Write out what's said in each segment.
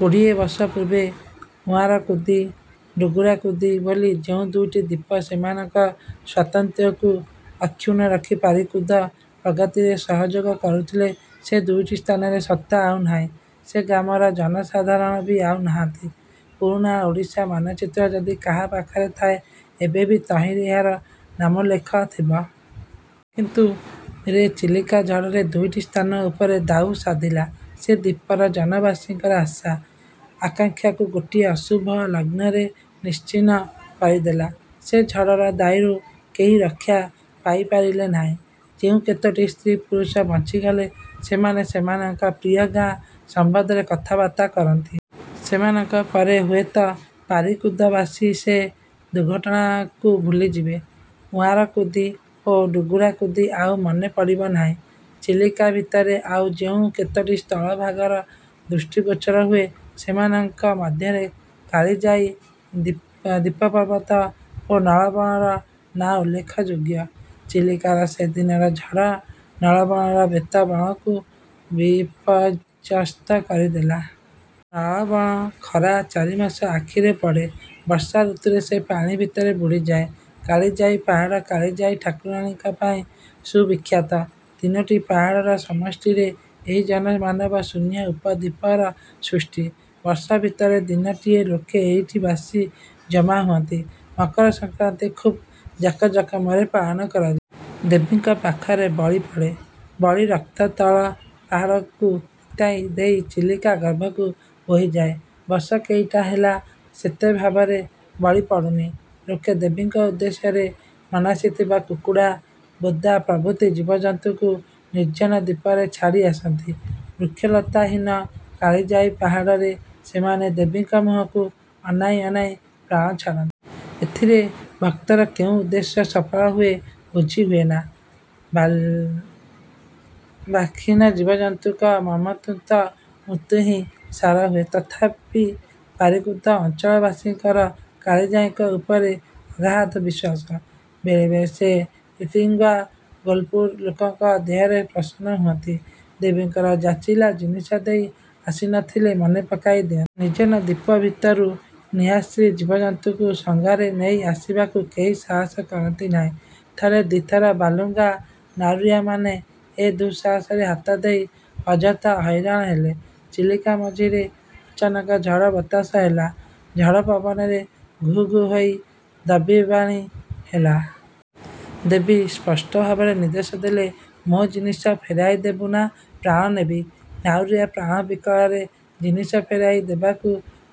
କୋଡ଼ିଏବର୍ଷ ପୂର୍ବେ ଉଆଁରାକୁଦି, ଡୁଗୁରାକୁଦି ବୋଲି ଯେଉଁ ଦୁଇଟି ଦ୍ୱୀପ ସେମାନଙ୍କ ସ୍ୱାତନ୍ତ୍ର୍ୟକୁ ଅକ୍ଷୁଣ୍ଣ ରଖି ପାରିକୁଦ ପ୍ରଗତିରେ ସହଯୋଗ କରୁଥିଲେ, ସେ ଦୁଇଟି ସ୍ଥାନର ସତ୍ତା ଆଉ ନାହିଁ। ସେ ଗ୍ରାମର ଜନସାଧାରଣ ବି ଆଉ ନାହାନ୍ତି। ପୁରୁଣା ଓଡ଼ିଶା ମାନଚିତ୍ର ଯଦି କାହା ପାଖରେ ଥାଏ, ଏବେ ବି ତହିଁରେ ଏହାର ନାମୋଲ୍ଲେଖ ଥିବ। କିନ୍ତୁ। ରେ ଚିଲିକା-ଝଡ଼ ସେ ଦୁଇଟି ସ୍ଥାନ ଉପରେ ଦାଉ ସାଧିଲା। ସେ ଦ୍ୱୀପର ଜନବାସୀଙ୍କର ଆଶା, ଆକାଙ୍କ୍ଷାକୁ ଗୋଟିଏ ଅଶୁଭ ଲଗ୍ନରେ ନିଶ୍ଚିନ୍ନ କରିଦେଲା। ସେ ଝଡ଼ର ଦାଉରୁ କେହି ରକ୍ଷା ପାଇପାରିଲେ ନାହିଁ। ଯେଉଁ କେତୋଟି ସ୍ତ୍ରୀ ପୁରୁଷ ବଞ୍ଚିଗଲେ ସେମାନେ ସେମାନଙ୍କ ପ୍ରିୟ ଗାଁ ସମ୍ବନ୍ଧରେ କଥାବାର୍ତ୍ତା କରନ୍ତି। ସେମାନଙ୍କ ପରେ ହୁଏତ ପାରିକୁଦବାସୀ ସେ ଦୁର୍ଘଟଣାକୁ ଭୁଲିଯିବେ। ଉଆଁରାକୁଦି ଓ ଡୁଗୁରାକୁଦି ଆଉ ମନେପଡ଼ିବ ନାହିଁ। ଚିଲିକା ଭିତରେ ଆଉ ଯେଉଁ କେତୋଟି ସ୍ଥଳଭାଗର ଦୃଷ୍ଟିଗୋଚର ହୁଏ ସେମାନଙ୍କ ମଧ୍ୟରେ କାଳିଜାଈ, ଦ୍ୱୀପପର୍ବତ ଓ ନଳବଣର ନାଁ ଉଲ୍ଲେଖ ଯୋଗ୍ୟ। ଚିଲିକାର ସେଦିନର ଝଡ଼ ନଳବଣର ବେତବଣକୁ ବିପର୍ଯ୍ୟସ୍ତ କରିଦେଲା। ନଳବଣ ଖରା ଚାରିମାସ ଆଖିରେ ପଡ଼େ। ବର୍ଷା ଋତୁରେ ସେ ପାଣି ଭିତରେ ବୁଡ଼ିଯାଏ। କାଳିଜାଈ-ପାହାଡ଼ କାଳିଜାଈ-ଠାକୁରାଣୀଙ୍କ ପାଇଁ ସୁ-ବିଖ୍ୟାତ। ତିନୋଟି ପାହାଡ଼ର ସମଷ୍ଟିରେ ଏହି ଜନମାନବ ଶୂନ୍ୟ ଉପ–ଦ୍ୱୀପର ସୃଷ୍ଟି। ବର୍ଷ ଭିତରେ ଦିନଟିଏ ଲୋକେ ଏଇଠି ଆସି ଜମାହୁଅନ୍ତି। ମକର ସଂକ୍ରାନ୍ତି ଖୁବ୍ ଜାକଜମକରେ ପାଳନ କରାଯାଏ। ଦେବୀଙ୍କ ପାଖରେ ବଳି ପଡ଼େ। ବଳି ରକ୍ତ ତଳ ପାହାଡ଼କୁ ତିନ୍ତାଇ ଦେଇ ଚିଲିକା ଗର୍ଭକୁ ବୋହିଯାଏ। ବର୍ଷ କେଇଟା ହେଲା ସେତେଭାବରେ ବଳି ପଡ଼ୁନି। ଲୋକେ ଦେବୀଙ୍କ ଉଦ୍ଦେଶ୍ୟରେ ମନାସିଥିବା କୁକୁଡ଼ା, ବୋଦା ପ୍ରଭୃତି ଜୀବଜନ୍ତୁଙ୍କୁ ନିର୍ଜନ ଦ୍ୱୀପରେ ଛାଡ଼ି ଆସନ୍ତି। ବୃକ୍ଷଲତାହୀନ କାଳିଜାଈ ପାହାଡ଼ରେ ସେମାନେ ଦେବୀଙ୍କ ମୁହଁକୁ ଅନାଇ ଅନାଇ ପ୍ରାଣ ଛାଡ଼ନ୍ତି। ଏଥିରେ ଭକ୍ତର କେଉଁ ଉଦ୍ଦେଶ୍ୟ ସଫଳ ହୁଏ ବୁଝି ହୁଏନା। ବାକ୍ହୀନ ଜୀବଜନ୍ତୁଙ୍କ ମର୍ମନ୍ତୁଦ ମୃତ୍ୟୁହିଁ ସାର ହୁଏ। ତଥାପି ପାରିକୁଦ ଅଞ୍ଚଳବାସୀଙ୍କର କାଳିଜାଈଙ୍କ ଉପରେ ଅଗାଧ ବିଶ୍ୱାସ। ବେଳେବେଳେ ସେ ରିପିଙ୍ଗ୍ବା ଗୋଲପୁର ଲୋକଙ୍କ ଦେହରେ ପ୍ରସନ୍ନ ହୁଅନ୍ତି। ଦେବୀଙ୍କର ଯାଚିଲା ଜିନିଷ ଦେଇ ଆସି ନଥିଲେ ମନେପକାଇ ଦିଅନ୍ତି। ନିର୍ଜନ ଦ୍ୱୀପ ଭିତରୁ ନିଆଶ୍ରୀ ଜୀବଜନ୍ତୁଙ୍କୁ ସଙ୍ଗରେ ନେଇ ଆସିବାକୁ କେହି ସାହସ କରନ୍ତି ନାହିଁ। ଥରେ ଦି'ଥର ବାଲୁଗାଁ ନାଉରିଆମାନେ ଏ ଦୁଃସାହସରେ ହାତ ଦେଇ ଅଯଥା ହଇରାଣ ହେଲେ। ଚିଲିକା ମଝିରେ ଅଚାନକ ଝଡ଼ ବତାସ ହେଲା। ଝଡ଼ ପବନରେ ଘୁଘୁ ହୋଇ ଦୈବୀବାଣୀ ହେଲା। ଦେବୀ ସ୍ପଷ୍ଟ ଭାବରେ ନିର୍ଦ୍ଦେଶ ଦେଲେ, 'ମୋ ଜିନିଷ ଫେରାଇ ଦେବୁ ନାଁ ପ୍ରାଣ ନେବି? ' ନାଉରିଆ ପ୍ରାଣ ବିକଳରେ ଜିନିଷ ଫେରାଇ ଦେବାକୁ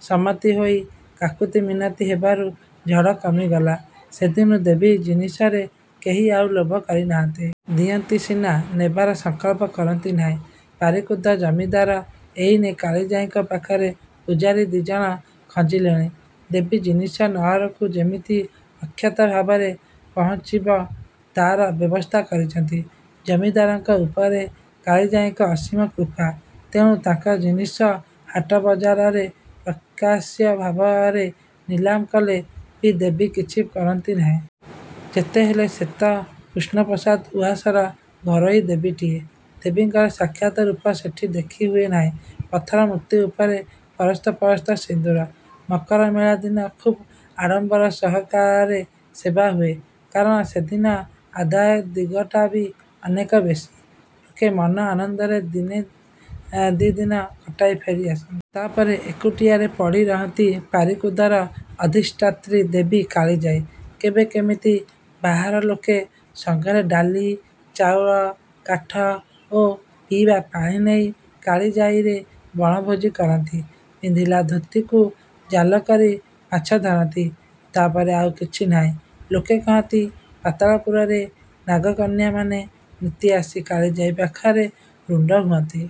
ସମ୍ମତି ହୋଇ କାକୁତି ମିନତି ହେବାରୁ ଝଡ଼ କମିଗଲା। ସେଦିନୁ ଦେବୀ ଜିନିଷରେ କେହି ଆଉ ଲୋଭ କରିନାହାନ୍ତି। ଦିଅନ୍ତି ସିନା, ନେବାର ସଂକଳ୍ପ କରନ୍ତି ନାହିଁ। ପାରିକୁଦ ଜମିଦାର ଏଇନେ କାଳିଜାଈଙ୍କ ପାଖରେ ପୂଜାରୀ ଦି'ଜଣ ଖଞ୍ଜିଲେଣି। ଦେବୀ ଜିନିଷ ନଅରକୁ ଯେମିତି ଅକ୍ଷତ ଭାବରେ ପହୁଞ୍ଚିବ, ତାର ବ୍ୟବସ୍ଥା କରିଛନ୍ତି। ଜମିଦାରଙ୍କ ଉପରେ କାଳିଜାଈଙ୍କ ଅସୀମ କୃପା। ତେଣୁ ତାଙ୍କ ଜିନିଷ ହାଟବଜାରରେ ପ୍ରକାଶ୍ୟ ଭାବରେ ନିଲାମ କଲେ ବି ଦେବୀ କିଛି କରନ୍ତି ନାହିଁ। ଯେତେହେଲେ ସେତ କୃଷ୍ଣପ୍ରସାଦ ଉଆସର ଘରୋଇ ଦେବୀଟିଏ! ଦେବୀଙ୍କର ସାକ୍ଷାତ ରୂପ ସେଠି ଦେଖିହୁଏ ନାହିଁ! ପଥର ମୂର୍ତ୍ତି ଉପରେ ପରସ୍ତ ପରସ୍ତ ସିନ୍ଦୂର। ମକରମେଳା ଦିନ ଖୁବ୍ ଆଡ଼ମ୍ବର ସହକାରେ ସେବାହୁଏ। କାରଣ ସେଦିନ ଆଦାୟ ଦିଗଟା ବି ଅନେକ ବେଶୀ। ଲୋକେ ମନ ଆନନ୍ଦରେ ଦିନେ ଦି'ଦିନ କଟାଇ ଫେରି ଆସନ୍ତି। ତା'ପରେ ଏକୁଟିଆରେ ପଡ଼ି ରହନ୍ତି ପାରିକୁଦର ଅଧିଷ୍ଠାତ୍ରୀ ଦେବୀ କାଳିଜାଈ। କେବେ କେମିତି ବାହାର ଲୋକେ ସଙ୍ଗରେ ଡାଲି, ଚାଉଳ, କାଠ ଓ ପିଇବା ପାଣି ନେଇ କାଳିଜାଈରେ ବଣଭୋଜୀ କରନ୍ତି। ପିନ୍ଧିଲା ଧୋତୀକୁ ଜାଲ କରି ମାଛ ଧରନ୍ତି। ତା'ପରେ ଆଉ କିଛିନାହିଁ। ଲୋକେ କହନ୍ତି, ପାତାଳପୁରରେ ନାଗକନ୍ୟାମାନେ ନିତି ଆସି କାଳିଜାଈ ପାଖରେ ରୁଣ୍ଡ ହୁଅନ୍ତି।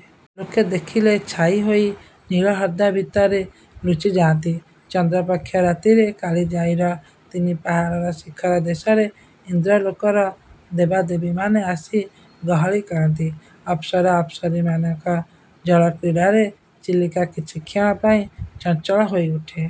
ଲୋକ ଦେଖିଲେ ଛାଇ ହୋଇ ନୀଳ ହ୍ରଦ ଭିତରେ ଲୁଚିଯାଆନ୍ତି। ଚନ୍ଦ୍ରପକ୍ଷ ରାତିରେ, କାଳିଜାଈର ତିନିପାହାଡ଼ର ଶିଖର ଦେଶରେ, ଇନ୍ଦ୍ରଲୋକର ଦେବାଦେବୀମାନେ ଆସି ଗହଳି କରନ୍ତି। ଅପ୍ସରା ଅପ୍ସରୀମାନଙ୍କ ଜଳକ୍ରୀଡ଼ାରେ ଚିଲିକା କିଛିକ୍ଷଣ ପାଇଁ ଚଞ୍ଚଳ ହୋଇ ଉଠେ।